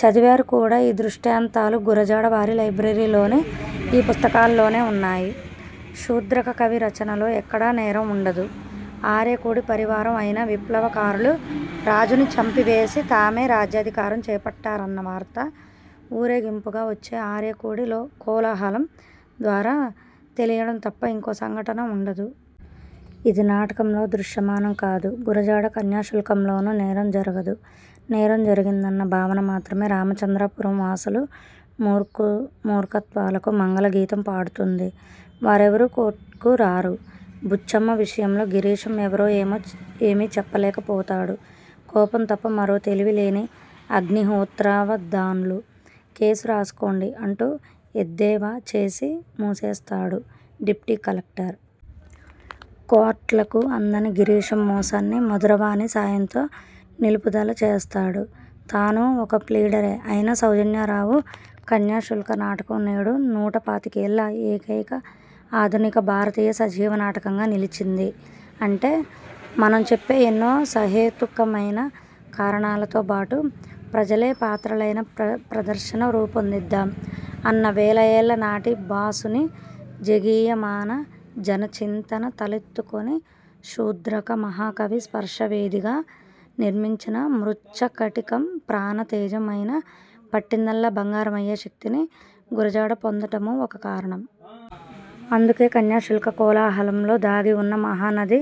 చదివారు కూడా, ఈ దృష్టాంతాలు గురజాడ వారి లైబ్రరీలోని ఈ పుస్తకంలోనే ఉన్నాయి. శూద్రక కవి రచనలో ఎక్కడా నేరం ఉండదు. ఆర్యకుడి పరివారం అయిన విప్లవ కారులు రాజుని చంపివేసి, తామే రాజ్యాధికారం చేపట్టారన్న వార్త ఊరేగింపుగావచ్చే ఆర్యకుడి కోలాహలం ద్వారా తెలియడం తప్ప ఇంకో సంఘటన ఉండదు. ఇది నాటకంలో దృశ్యమానం కాదు. గురజాడ కన్యాశుల్కంలోనూ నేరం జరగదు, నేరం జరిగిందన్న భావన మాత్రమే రామచంద్రపురం వాసుల మూర్ఖత్వాలకు మంగళ గీతం పాడుతుంది. వారెవరూ కోర్ట్కు రారు. బుచ్చమ్మ విషయంలో గిరీశం ఎవరో ఏమీ చెప్పలేక పోతాడు కోపం తప్ప మరో తెలివి లేని అగ్నిహోత్రావధాన్లు, కేసు రాసుకోండి అంటూ ఎద్దేవా చేసి మూసేస్తాడు డిప్టీ కలెక్టర్. కోర్ట్లకు అందని గిరీశం మోసాన్ని మధుర వాణి సాయంతో నిలుపుదల చేస్తాడు, తానూ ఒక ప్లీడరే అయిన సౌజన్యారావు. కన్యాశుల్క నాటకం నేడు నూట పాతికేళ్ళ ఏకైక ఆధునిక భారతీయ సజీవ నాటకంగా నిలిచిందీ అంటే, మనం చెప్పే ఎన్నో సహేతుకమైన కారణాలతో బాటు, ప్రజలే పాత్రలైన ప్రదర్శన రూపొందిద్దాం అన్న వేలఏళ్ల నాటి భాసుని జేగీయమాన జన చింతన తలకెత్తుకుని శూద్రక మహాకవి స్పర్శ వేదిగా నిర్మించిన మృచ్ఛకటికం ప్రాణ తేజం అయిన పట్టిందల్లా బంగారం అయ్యే శక్తిని గురజాడ పొందటమూ ఒక కారణం. అందుకే, కన్యాశుల్క కోలాహలం లో దాగి ఉన్న మహానది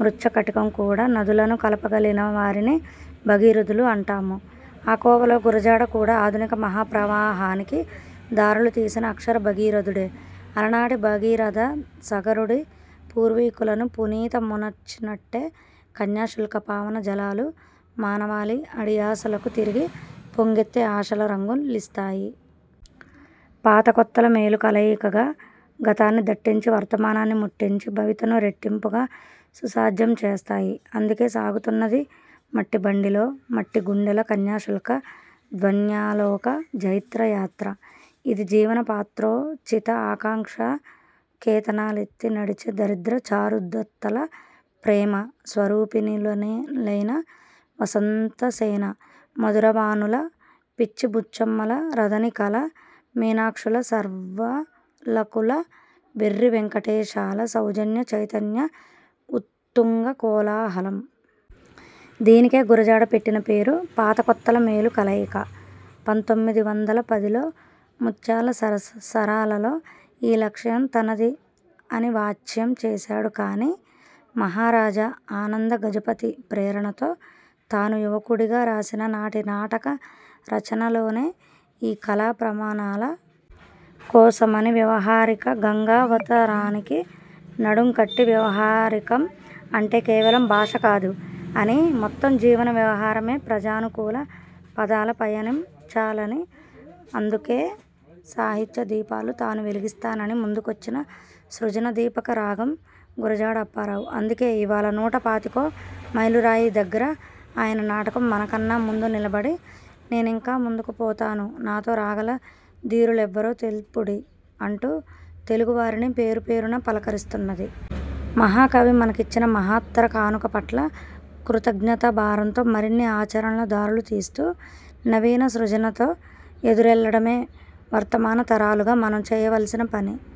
మృచ్ఛకటికం కూడా. నదులను కలపగలిగిన వారిని భగీరథులు అంటాము. ఆ కోవలో గురజాడ కూడా ఆధునిక మహాప్రవాహానికి దారులు తీసిన అక్షర భగీరథుడే. అలనాటి భాగీరథి సగరుడి పూర్వీకులను పునీత మొనర్చి నట్టే, కన్యాశుల్క పావన జలాలు మానవాళి అడియాసలకు తిరిగి పొంగెత్తే ఆశల రంగు లిస్తాయి. పాత కొత్తల మేలు కలయికగా గతాన్ని దట్టించి, వర్తమానాన్ని ముట్టించి, భవితను రెట్టింపుగా సుసాధ్యం చేస్తాయి. అందుకే సాగుతున్నది మట్టి బండిలో, మట్టి గుండెల కన్యాశుల్క ధ్వన్యాలోక జైత్ర యాత్ర. ఇది జీవన పాత్రోచిత ఆకాంక్షా కేతనాలెత్తి నడిచే దరిద్ర చారుదత్తుల, ప్రేమ స్వరూపిణులైన వసంత సేన, మధుర వాణుల, పిచ్చి బుచ్చమ్మల, రదనికల, మీనాక్షుల, శర్విలకుల, వెర్రి వెంకటేశాల సౌజన్య చైతన్య ఉత్తుంగ కోలాహలం. దీనికే గురజాడ పెట్టిన పేరు, పాత కొత్తల మేలు కలయిక. పంతొమ్మిది వందల పదిలో ముత్యాల సరాలలో ఈ లక్ష్యం తనది అని వాచ్యం చేశాడు కానీ, మహారాజా ఆనంద గజపతి ప్రేరణతో తాను యువకుడిగా రాసిన నాటి నాటక రచనలోనే, ఈ కళా ప్రమాణాల కోసమని వ్యవహారిక గంగావతరణానికి నడుం కట్టి, వ్యవహరికం అంటే కేవలం భాష కాదు అనీ మొత్తం జీవన వ్యవహారమే ప్రజానుకూల పథాల పయనిం చాలనీ అందుకేౖ సాహిత్య దీపాలు తాను వెలిగిస్తాననీ ముందుకొచ్చిన సృజన దీపక రాగం గురజాడ అప్పారావు అందుకే ఇవాళ నూట పాతికో మైలు రాయి దగ్గర ఆయన నాటకం, మన కన్నా ముందు నిలబడి, ''నేనింకా ముందుకు పోతాను, నాతో రాగల ధీరులెవ్వరో తెల్పుడీ'' అంటూ తెలుగు వారిని పేరు పేరునా పలకరిస్తున్నది. మహాకవి మనకిచ్చిన మహత్తర కానుక పట్ల కృతజ్ఞతా భారంతో మరిన్ని ఆచరణల దారులుతీస్తూ, నవీన సృజనతో ఎదురెళ్లడమే వర్తమాన తరాలుగా మనం చేయవలసిన పని.